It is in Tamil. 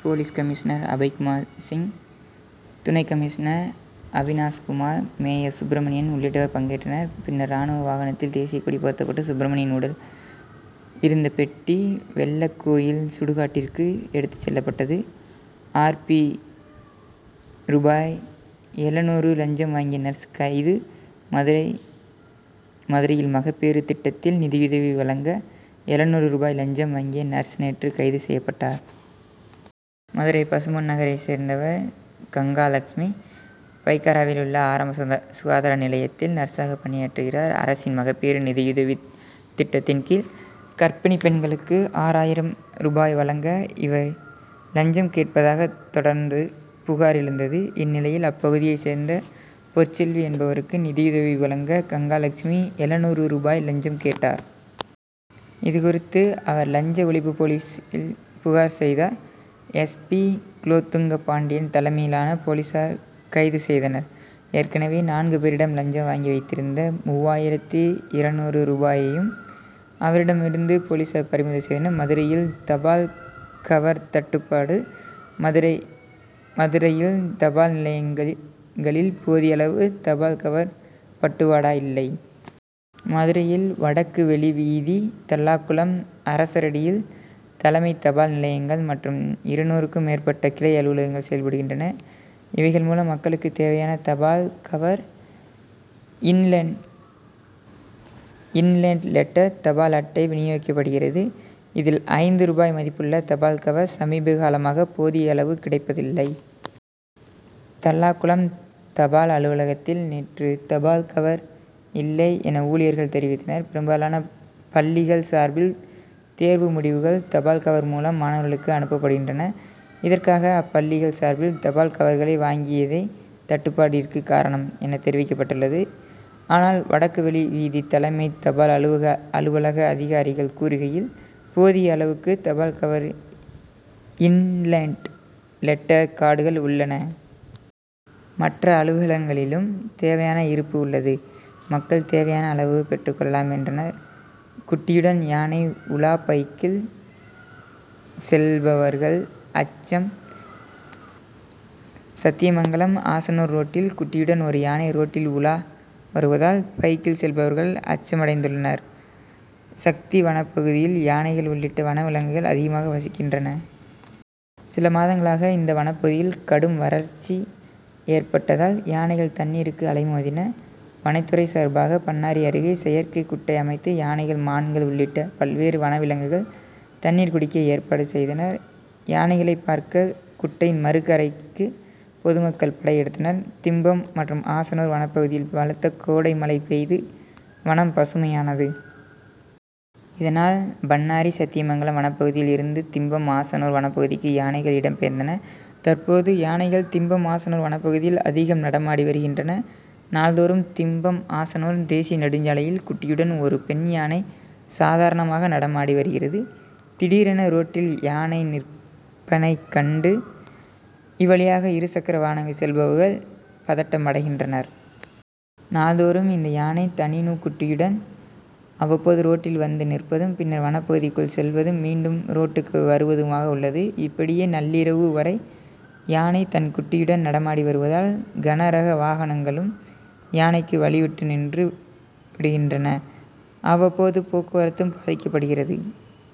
போலீஸ் கமிஷனர் அபய்குமார் சிங் துணை கமிஷனர் அவினாஷ் குமார் மேயர் சுப்ரமணியன் உள்ளிட்டவர்கள் பங்கேற்றனர். பின்னர் ராணுவ வாகனத்தில் தேசியக்கொடி போர்த்தப்பட்டு சுப்ரமணியன் உடல் இருந்த பெட்டி வெள்ளக்கோவில் சுடுகாட்டிற்கு எடுத்துச் செல்லப்பட்டது. ஆர். பி. ரூபாய் எழுநூறு லஞ்சம் வாங்கிய நர்ஸ் கைது மதுரை மதுரையில் மகப்பேறு திட்டத்தில் நிதியுதவி வழங்க எழுநூறு ரூபாய் லஞ்சம் வாங்கிய நர்ஸ் நேற்று கைது செய்யப்பட்டார். மதுரை பசும்பொன் நகரை சேர்ந்தவர் கங்காலட்சுமி. பைகாராவிலுள்ள ஆரம்ப சுகாதார நிலையத்தில் நர்ஸாக பணியாற்றுகிறார். அரசின் மகப்பேறு நிதியுதவி திட்டத்தின்கீழ் கர்ப்பிணிகளுக்கு ஆறாயிரம் ரூபாய் வழங்க இவர் லஞ்சம் கேட்பதாக தொடர்ந்து புகார் எழுந்தது. இந்நிலையில் அப்பகுதியை சேர்ந்த பொற்செல்வி என்பவருக்கு நிதியுதவி வழங்க கங்காலட்சுமி எழுநூறு ரூபாய் லஞ்சம் கேட்டார். இதுகுறித்து அவர் லஞ்ச ஒழிப்பு போலீசில் புகார் செய்தார். எஸ். பி. குலோத்துங்க பாண்டியன் தலைமையிலான போலீசார் கைது செய்தனர். ஏற்கனவே நான்கு பேரிடம் லஞ்சம் வாங்கி வைத்திருந்த மூவாயிரத்து இருநூறு ரூபாயையும் அவரிடமிருந்து போலீசார் பறிமுதல் செய்தனர். மதுரையில் தபால் கவர் தட்டுபாடு மதுரை மதுரையில் தபால் நிலையங்களில் போதியளவு தபால் கவர் பட்டுவாடா இல்லை. மதுரையில் வடக்கு வெளி வீதி தல்லாகுளம் அரசரடியில் தலைமை தபால் நிலையங்கள் மற்றும் இருநூறுக்கும் மேற்பட்ட கிளை அலுவலகங்கள் செயல்படுகின்றன. இவைகள் மூலம் மக்களுக்கு தேவையான தபால் கவர் இன்லேண்ட் லெட்டர் தபால் அட்டை வினியோகிக்கப்படுகிறது. இதில் ஐந்து ரூபாய் மதிப்புள்ள தபால் கவர் சமீபகாலமாக போதிய அளவு கிடைப்பதில்லை. தல்லாகுளம் தபால் அலுவலகத்தில் நேற்று தபால் கவர் இல்லை என ஊழியர்கள் தெரிவித்தனர். பெரும்பாலான பள்ளிகள் சார்பில் தேர்வு முடிவுகள் தபால் கவர் மூலம் மாணவர்களுக்கு அனுப்பப்படுகின்றன. இதற்காக அப்பள்ளிகள் சார்பில் தபால் கவர்களை வாங்கியதே தட்டுப்பாட்டிற்கு காரணம் என தெரிவிக்கப்பட்டது. ஆனால் வடக்கு வெளி வீதி தலைமை தபால் அலுவலக அதிகாரிகள் கூறுகையில் போதிய அளவுக்கு தபால் கவர் இன்லேண்ட் லெட்டர் கார்டுகள் உள்ளன. மற்ற அலுவலகங்களிலும் தேவையான இருப்பு உள்ளது. மக்கள் தேவையான அளவு பெற்று கொள்ளலாம் என்றனர். குட்டியுடன் யானை உலா பைக்கில் செல்பவர்கள் அச்சம் சத்தியமங்கலம் ஆசனூர் ரோட்டில் குட்டியுடன் ஒரு யானை ரோட்டில் உலா வருவதால் பைக்கில் செல்பவர்கள் அச்சமடைந்துள்ளனர். சத்தி வனப்பகுதியில் யானைகள் உள்ளிட்ட வனவிலங்குகள் அதிகமாக வசிக்கின்றன. சில மாதங்களாக இந்த வனப்பகுதியில் கடும் வறட்சி ஏற்பட்டதால் யானைகள் தண்ணீருக்கு அலைமோதின. வனத்துறை சார்பாக பண்ணாரி அருகே செயற்கை குட்டை அமைத்து யானைகள் மான்கள் உள்ளிட்ட பல்வேறு வனவிலங்குகள் தண்ணீர் குடிக்க ஏற்பாடு செய்தனர். யானைகளை பார்க்க குட்டையின் மறுகரைக்கு பொதுமக்கள் படையெடுத்தனர். திம்பம் மற்றும் ஆசனூர் வனப்பகுதியில் பலத்த கோடை மழை பெய்து வனம் பசுமையானது. இதனால் பண்ணாரி சத்தியமங்கலம் வனப்பகுதியில் இருந்து திம்பம் ஆசனூர் வனப்பகுதிக்கு யானைகள் இடம் பெயர்ந்தன. தற்போது யானைகள் திம்பம் ஆசனூர் வனப்பகுதியில் அதிகம் நடமாடி வருகின்றன. நாள்தோறும் திம்பம் ஆசனூர் தேசிய நெடுஞ்சாலையில் குட்டியுடன் ஒரு பெண் யானை சாதாரணமாக நடமாடி வருகிறது. திடீரென ரோட்டில் யானை நிற்பனைக் கண்டு இவ்வழியாக இருசக்கர வாகனங்களில் செல்பவர்கள் பதட்டமடைகின்றனர். நாள்தோறும் இந்த யானை தணீஞூ குட்டியுடன் அவ்வப்போது ரோட்டில் வந்து நிற்பதும் பின்னர் வனப்பகுதிக்குள் செல்வதும் மீண்டும் ரோட்டுக்கு வருவதுமாக உள்ளது. இப்படியே நள்ளிரவு வரை யானை தன் குட்டியுடன் நடமாடி வருவதால் கன ரக வாகனங்களும் யானைக்கு வழிவிட்டு நின்று விடுகின்றன. அவ்வப்போது போக்குவரத்தும் பாதிக்கப்படுகிறது.